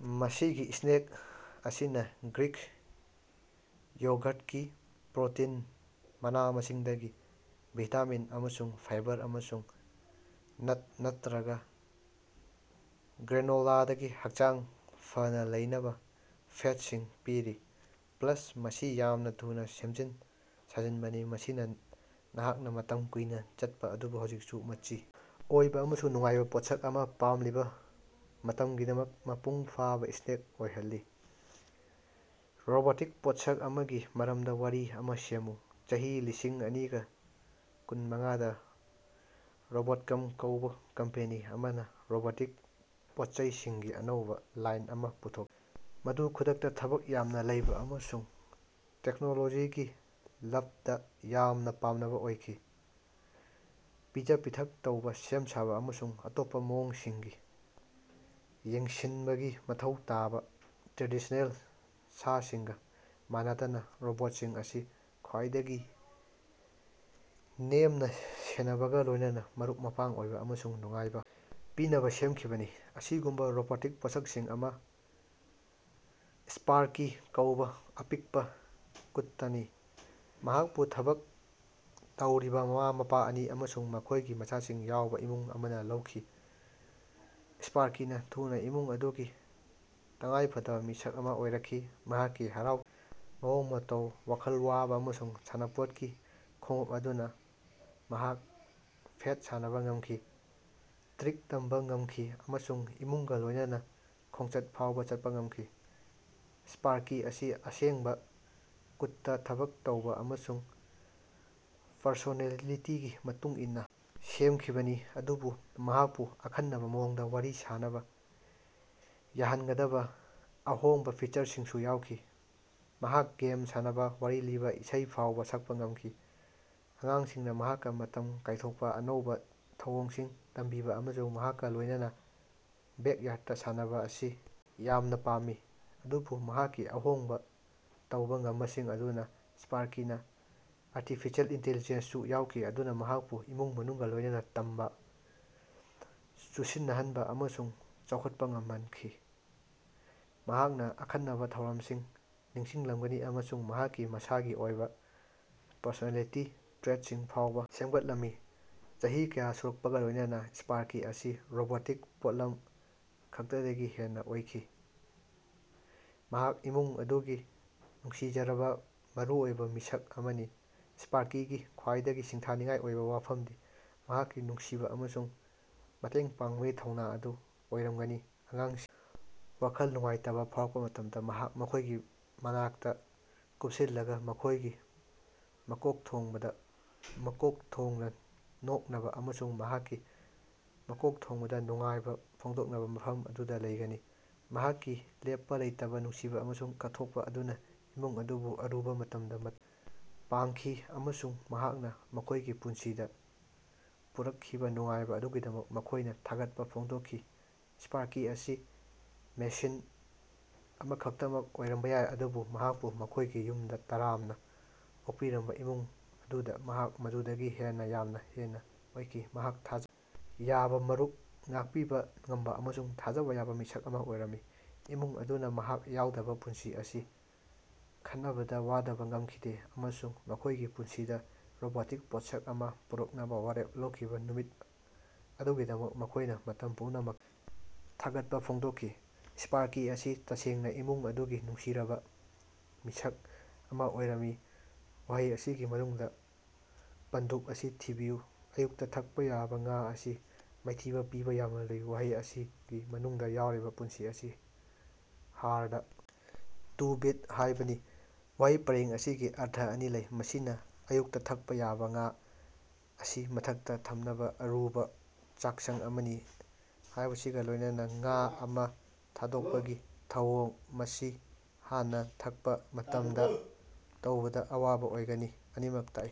ꯃꯁꯤꯒꯤ ꯁ꯭ꯅꯦꯛ ꯑꯁꯤꯅ ꯒ꯭ꯔꯤꯛ ꯌꯣꯒꯔꯠꯒꯤ ꯄ꯭ꯔꯣꯇꯤꯟ, ꯃꯅꯥ-ꯃꯁꯤꯡꯗꯒꯤ ꯚꯤꯇꯥꯃꯤꯟ ꯑꯃꯁꯨꯡ ꯐꯥꯏꯕꯔ ꯑꯃꯁꯨꯡ ꯅꯠ ꯅꯠꯇ꯭ꯔꯒ ꯒ꯭ꯔꯦꯅꯣꯂꯥꯗꯒꯤ ꯍꯛꯆꯥꯡ ꯐꯅ ꯂꯩꯅꯕ ꯐꯦꯠꯁꯤꯡ ꯄꯤꯔꯤ꯫ ꯄ꯭ꯂꯁ, ꯃꯁꯤ ꯌꯥꯝꯅꯥ ꯊꯨꯅꯥ ꯁꯦꯝꯖꯤꯟ ꯁꯥꯖꯤꯟꯕꯅꯤ, ꯃꯁꯤꯅ ꯅꯍꯥꯛꯅ ꯃꯇꯝ ꯀꯨꯏꯅ ꯆꯠꯄ ꯑꯗꯨꯕꯨ ꯍꯧꯖꯤꯛꯁꯨ ꯃꯆꯤ ꯑꯣꯏꯕ ꯑꯃꯁꯨꯡ ꯅꯨꯡꯉꯥꯏꯕ ꯄꯣꯠꯁꯛ ꯑꯃ ꯄꯥꯝꯂꯤꯕ ꯃꯇꯝꯒꯤꯗꯃꯛ ꯃꯄꯨꯡ ꯐꯥꯕ ꯁ꯭ꯅꯦꯛ ꯑꯣꯏꯍꯜꯂꯤ꯫ ꯔꯣꯕꯣꯇꯤꯛ ꯄꯣꯠꯁꯛ ꯑꯃꯒꯤ ꯃꯔꯝꯗ ꯋꯥꯔꯤ ꯑꯃ ꯁꯦꯝꯃꯨ꯫ ꯆꯍꯤ ꯂꯤꯁꯤꯡ ꯑꯅꯤꯒ ꯀꯨꯟꯃꯉꯥꯗ ꯔꯣꯕꯣꯠꯀꯝ ꯀꯧꯕ ꯀꯝꯄꯦꯅꯤ ꯑꯃꯅ ꯔꯣꯕꯣꯇꯤꯛ ꯄꯣꯠꯆꯩꯁꯤꯡꯒꯤ ꯑꯅꯧꯕ ꯂꯥꯏꯟ ꯑꯃ ꯄꯨꯊꯣꯛꯈꯤ ꯫ ꯃꯗꯨ ꯈꯨꯗꯛꯇ ꯊꯕꯛ ꯌꯥꯝꯅ ꯂꯩꯕ ꯑꯃꯁꯨꯡ ꯇꯦꯛꯅꯣꯂꯣꯖꯤꯒꯤ ꯂꯞꯗ ꯌꯥꯝꯅ ꯄꯥꯝꯅꯕ ꯑꯣꯏꯈꯤ꯫ ꯄꯤꯖ-ꯄꯤꯊꯛ ꯇꯧꯕ, ꯁꯦꯝ-ꯁꯥꯕ ꯑꯃꯁꯨꯡ ꯑꯇꯣꯞꯄ ꯃꯑꯣꯡꯁꯤꯡꯒꯤ ꯌꯦꯡꯁꯤꯟꯕꯒꯤ ꯃꯊꯧ ꯇꯥꯕ ꯇ꯭ꯔꯦꯗꯤꯁ꯭ꯅꯦꯜ ꯁꯥꯁꯤꯡꯒ ꯃꯥꯟꯅꯗꯅ, ꯔꯣꯕꯣꯠꯁꯤꯡ ꯑꯁꯤ ꯈ꯭ꯋꯥꯏꯗꯒꯤ ꯅꯦꯝꯅ ꯁꯦꯟꯅꯕꯒ ꯂꯣꯏꯅꯅ ꯃꯔꯨꯞ-ꯃꯄꯥꯡ ꯑꯣꯏꯕ ꯑꯃꯁꯨꯡ ꯅꯨꯡꯉꯥꯏꯕ ꯄꯤꯅꯕ ꯁꯦꯝꯈꯤꯕꯅꯤ꯫ ꯑꯁꯤꯒꯨꯝꯕ ꯔꯣꯕꯣꯇꯤꯛ ꯄꯣꯠꯁꯛ ꯑꯃꯗꯤ ꯁ꯭ꯄꯥꯔꯀꯤ ꯀꯧꯕ ꯑꯄꯤꯛꯄ ꯀꯨꯠꯇꯥꯅꯤ꯫ ꯃꯍꯥꯛꯄꯨ ꯊꯕꯛ ꯇꯧꯔꯤꯕ ꯃꯃꯥ-ꯃꯄꯥ ꯑꯅꯤ ꯑꯃꯁꯨꯡ ꯃꯈꯣꯏꯒꯤ ꯃꯆꯥꯁꯤꯡ ꯌꯥꯎꯕ ꯏꯃꯨꯡ ꯑꯃꯅ ꯂꯧꯈꯤ꯫ ꯁ꯭ꯄꯥꯔꯀꯤꯅ ꯊꯨꯅ ꯏꯃꯨꯡ ꯑꯗꯨꯒꯤ ꯇꯉꯥꯏꯐꯗꯕ ꯃꯤꯁꯛ ꯑꯃ ꯑꯣꯏꯔꯛꯈꯤ, ꯃꯍꯥꯛꯀꯤ ꯍꯔꯥꯎ ꯇꯌꯥꯝꯕ ꯃꯑꯣꯡ ꯃꯇꯧ, ꯋꯥꯈꯜ ꯋꯥꯕ ꯑꯃꯁꯨꯡ ꯁꯥꯟꯅꯄꯣꯠꯀꯤ ꯈꯣꯡꯎꯞ ꯑꯗꯨꯅ ꯃꯍꯥꯛ ꯐꯦꯠ ꯁꯥꯟꯅꯕ ꯉꯝꯈꯤ, ꯇ꯭ꯔꯤꯛ ꯇꯝꯕ ꯉꯝꯈꯤ ꯑꯃꯁꯨꯡ ꯏꯃꯨꯡꯒ ꯂꯣꯏꯅꯅ ꯈꯣꯡꯆꯠ ꯐꯥꯎꯕ ꯆꯠꯄ ꯉꯝꯈꯤ ꯫ ꯁ꯭ꯄꯥꯔꯀꯤ ꯑꯁꯤ ꯑꯁꯦꯡꯕ ꯀꯨꯠꯇꯥ ꯊꯕꯛ ꯇꯧꯕ ꯑꯃꯁꯨꯡ ꯄꯔꯁꯣꯅꯦꯂꯤꯇꯤꯒꯤ ꯃꯇꯨꯡ ꯏꯟꯅ ꯁꯦꯝꯈꯤꯕꯅꯤ, ꯑꯗꯨꯕꯨ ꯃꯍꯥꯛꯄꯨ ꯑꯈꯟꯅꯕ ꯃꯑꯣꯡꯗ ꯋꯥꯔꯤ ꯁꯥꯅꯕ ꯌꯥꯍꯟꯒꯗꯕ ꯑꯍꯣꯡꯕ ꯐꯤꯆꯔꯁꯤꯡꯁꯨ ꯌꯥꯎꯈꯤ꯫ ꯃꯍꯥꯛ ꯒꯦꯝ ꯁꯥꯟꯅꯕ, ꯋꯥꯔꯤ ꯂꯤꯕ, ꯏꯁꯩ ꯐꯥꯎꯕ ꯁꯛꯄ ꯉꯝꯈꯤ꯫ ꯑꯉꯥꯡꯁꯤꯡꯅ ꯃꯍꯥꯛꯀ ꯃꯇꯝ ꯀꯥꯏꯊꯣꯛꯄ, ꯑꯅꯧꯕ ꯊꯧꯑꯣꯡꯁꯤꯡ ꯇꯝꯕꯤꯕ ꯑꯃꯁꯨꯡ ꯃꯍꯥꯛꯀ ꯂꯣꯏꯅꯅ ꯕꯦꯛꯌꯥꯔꯗꯇ ꯁꯥꯟꯅꯕ ꯑꯁꯤ ꯌꯥꯝꯅ ꯄꯥꯝꯃꯤ꯫ ꯑꯗꯨꯕꯨ ꯃꯍꯥꯛꯀꯤ ꯑꯍꯣꯡꯕ ꯇꯧꯕ ꯉꯝꯕꯁꯤꯡ ꯑꯗꯨꯅ ꯁ꯭ꯄꯥꯔꯀꯤꯅ ꯑꯥꯔꯇꯤꯐꯤꯁꯤꯑꯦꯜ ꯏꯟꯇꯤꯂꯤꯖꯦꯟꯁꯁꯨ ꯌꯥꯎꯈꯤ ꯃꯗꯨꯅ ꯃꯍꯥꯛꯄꯨ ꯏꯃꯨꯡ ꯃꯅꯨꯡꯒ ꯂꯣꯏꯅꯅ ꯇꯝꯕ, ꯆꯨꯁꯤꯟꯅꯍꯟꯕ ꯑꯃꯁꯨꯡ ꯆꯥꯎꯈꯠꯄ ꯉꯝꯍꯠꯈꯤ꯫ ꯃꯍꯥꯛꯅ ꯑꯈꯟꯅꯕ ꯊꯧꯔꯝꯁꯤꯡ ꯅꯤꯡꯁꯤꯡꯂꯝꯒꯅꯤ ꯑꯃꯁꯨꯡ ꯃꯍꯥꯛꯀꯤ ꯃꯁꯥꯒꯤ ꯑꯣꯏꯕ ꯄꯔꯁꯣꯅꯦꯂꯤꯇꯤ ꯇ꯭ꯔꯦꯠꯁꯤꯡ ꯐꯥꯎꯕ ꯁꯦꯝꯒꯠꯂꯝꯃꯤ꯫ ꯆꯍꯤ ꯀꯌꯥ ꯁꯨꯔꯛꯄꯒ ꯂꯣꯏꯅꯅ ꯁ꯭ꯄꯥꯔꯀꯤ ꯑꯁꯤ ꯔꯣꯕꯣꯇꯤꯛ ꯄꯣꯠꯂꯝ ꯈꯛꯇꯗꯒꯤ ꯍꯦꯟꯅ ꯑꯣꯏꯈꯤ꯫ ꯃꯍꯥꯛ ꯏꯃꯨꯡ ꯑꯗꯨꯒꯤ ꯅꯨꯡꯁꯤꯖꯔꯕ, ꯃꯔꯨꯑꯣꯏꯕ ꯃꯤꯁꯛ ꯑꯃꯅꯤ꯫ ꯁ꯭ꯄꯥꯔꯀꯤꯒꯤ ꯈ꯭ꯋꯥꯏꯗꯒꯤ ꯁꯤꯡꯊꯥꯅꯤꯡꯉꯥꯏ ꯑꯣꯏꯕ ꯋꯥꯐꯝꯗꯤ ꯃꯍꯥꯛꯀꯤ ꯅꯨꯡꯁꯤꯕ ꯑꯃꯁꯨꯡ ꯃꯇꯦꯡ ꯄꯥꯡꯕꯒꯤ ꯊꯧꯅꯥ ꯑꯗꯨ ꯑꯣꯏꯔꯝꯒꯅꯤ꯫ ꯑꯉꯥꯡꯁꯤꯡꯅ ꯋꯥꯈꯜ ꯅꯨꯡꯉꯥꯏꯇꯕ ꯐꯥꯎꯔꯛꯄ ꯃꯇꯝꯗ ꯃꯍꯥꯛ ꯃꯈꯣꯏꯒꯤ ꯃꯅꯥꯛꯇ ꯀꯨꯞꯁꯤꯜꯂꯒ ꯃꯈꯣꯏꯒꯤ ꯃꯀꯣꯛꯊꯣꯡꯕꯗ ꯃꯀꯣꯛ ꯊꯣꯡꯅ ꯅꯣꯛꯅꯕ ꯑꯃꯁꯨꯡ ꯃꯍꯥꯛꯀꯤ ꯃꯀꯣꯛꯊꯣꯡꯕꯗ ꯅꯨꯡꯉꯥꯏꯕ ꯐꯣꯡꯗꯣꯛꯅꯕ ꯃꯐꯝ ꯑꯗꯨꯗ ꯂꯩꯒꯅꯤ꯫ ꯃꯍꯥꯛꯀꯤ ꯂꯦꯞꯄ ꯂꯩꯇꯕ ꯅꯨꯡꯁꯤꯕ ꯑꯃꯁꯨꯡ ꯀꯠꯊꯣꯛꯄ ꯑꯗꯨꯅ ꯏꯃꯨꯡ ꯑꯗꯨꯕꯨ ꯑꯔꯨꯕ ꯃꯇꯝꯗ ꯃꯇꯦꯡ ꯄꯥꯡꯈꯤ ꯑꯃꯁꯨꯡ ꯃꯍꯥꯛꯅ ꯃꯈꯣꯏꯒꯤ ꯄꯨꯟꯁꯤꯗ ꯄꯨꯔꯛꯈꯤꯕ ꯅꯨꯡꯉꯥꯏꯕ ꯑꯗꯨꯒꯤꯗꯃꯛ ꯃꯈꯣꯏꯅꯅ ꯊꯥꯒꯠꯄ ꯐꯣꯡꯗꯣꯛꯈꯤ꯫ ꯁ꯭ꯄꯥꯔꯀꯤ ꯑꯁꯤ ꯃꯦꯁꯤꯟ ꯑꯃꯈꯛꯇꯃꯛ ꯑꯣꯏꯔꯝꯕ ꯌꯥꯏ, ꯑꯗꯨꯕꯨ ꯃꯍꯥꯛꯄꯨ ꯃꯈꯣꯏꯒꯤ ꯌꯨꯝꯗ ꯇꯔꯥꯝꯅ ꯑꯣꯛꯄꯤꯔꯝꯕ ꯏꯃꯨꯡ ꯑꯗꯨꯗ ꯃꯍꯥꯛ ꯃꯗꯨꯗꯒꯤ ꯍꯦꯟꯅ ꯌꯥꯝꯅ ꯍꯦꯟꯅ ꯑꯣꯏꯈꯤ꯫ ꯃꯍꯥꯛ ꯊꯥꯖꯕ ꯌꯥꯕ ꯃꯔꯨꯞ, ꯉꯥꯛꯄꯤꯕ ꯉꯝꯕ ꯑꯃꯁꯨꯡ ꯊꯥꯖꯕ ꯌꯥꯕ ꯃꯤꯁꯛ ꯑꯃ ꯑꯣꯏꯔꯝꯃꯤ꯫ ꯏꯃꯨꯡ ꯑꯗꯨꯅ ꯃꯍꯥꯛ ꯌꯥꯎꯗꯕ ꯄꯨꯟꯁꯤ ꯑꯁꯤ ꯈꯅꯕꯗ ꯋꯥꯗꯕ ꯉꯝꯈꯤꯗꯦ ꯑꯃꯁꯨꯡ ꯃꯈꯣꯏꯒꯤ ꯄꯨꯟꯁꯤꯗ ꯔꯣꯕꯣꯇꯤꯛ ꯄꯣꯠꯁꯛ ꯑꯃ ꯄꯨꯔꯛꯅꯕ ꯋꯥꯔꯦꯞ ꯂꯧꯈꯤꯕ ꯅꯨꯃꯤꯠ ꯑꯗꯨꯒꯤꯗꯃꯛ ꯃꯈꯣꯏꯅ ꯃꯇꯝ ꯄꯨꯝꯅꯃꯛꯇ ꯊꯥꯒꯠꯄ ꯐꯣꯡꯗꯣꯛꯈꯤ꯫ ꯁ꯭ꯄꯥꯔꯀꯤ ꯑꯁꯤ ꯇꯁꯦꯡꯅ ꯏꯃꯨꯡ ꯑꯗꯨꯒꯤ ꯅꯨꯡꯁꯤꯖꯔꯕ ꯃꯤꯁꯛ ꯑꯃ ꯑꯣꯏꯔꯝꯃꯤ꯫ ꯋꯥꯍꯩ ꯑꯁꯤꯒꯤ ꯃꯅꯨꯡꯗ ꯄꯟꯗꯨꯞ ꯑꯁꯤ ꯊꯤꯕꯤꯌꯨ ꯑꯌꯨꯛꯇ ꯊꯛꯄ ꯌꯥꯕ ꯉꯥ ꯑꯁꯤ ꯃꯥꯏꯊꯤꯕ ꯄꯤꯕ ꯌꯥꯝꯅ ꯂꯨꯏ꯫ ꯋꯥꯍꯩ ꯑꯁꯤꯒꯤ ꯃꯅꯨꯡꯗ ꯌꯥꯎꯔꯤꯕ ꯄꯨꯟꯁꯤ ꯑꯁꯤ "ꯍꯥꯔꯗ ꯇꯨ ꯕꯤꯠ" ꯍꯥꯏꯕꯅꯤ꯫ ꯋꯥꯍꯩ ꯄꯔꯦꯡ ꯑꯁꯤꯒꯤ ꯑꯔꯊ ꯑꯅꯤ ꯂꯩ: ꯃꯁꯤꯅ ꯑꯌꯨꯛꯇ ꯊꯛꯄ ꯌꯥꯕ ꯉꯥ ꯑꯁꯤ ꯃꯊꯛꯇ ꯊꯝꯅꯕ ꯑꯔꯨꯕ ꯆꯥꯛꯁꯪ ꯑꯃꯅꯤ ꯍꯥꯏꯕꯁꯤꯒ ꯂꯣꯏꯅꯅ ꯉꯥ ꯑꯃ ꯊꯥꯗꯣꯛꯄꯒꯤ ꯊꯧꯑꯣꯡ (ꯃꯁꯤ ꯍꯥꯟꯅꯅ ꯊꯛꯄ ꯃꯇꯝꯗ ꯇꯧꯕꯗ ꯑꯋꯥꯕ ꯑꯣꯏꯒꯅꯤ) ꯑꯅꯤꯃꯛ ꯇꯥꯛꯏ꯫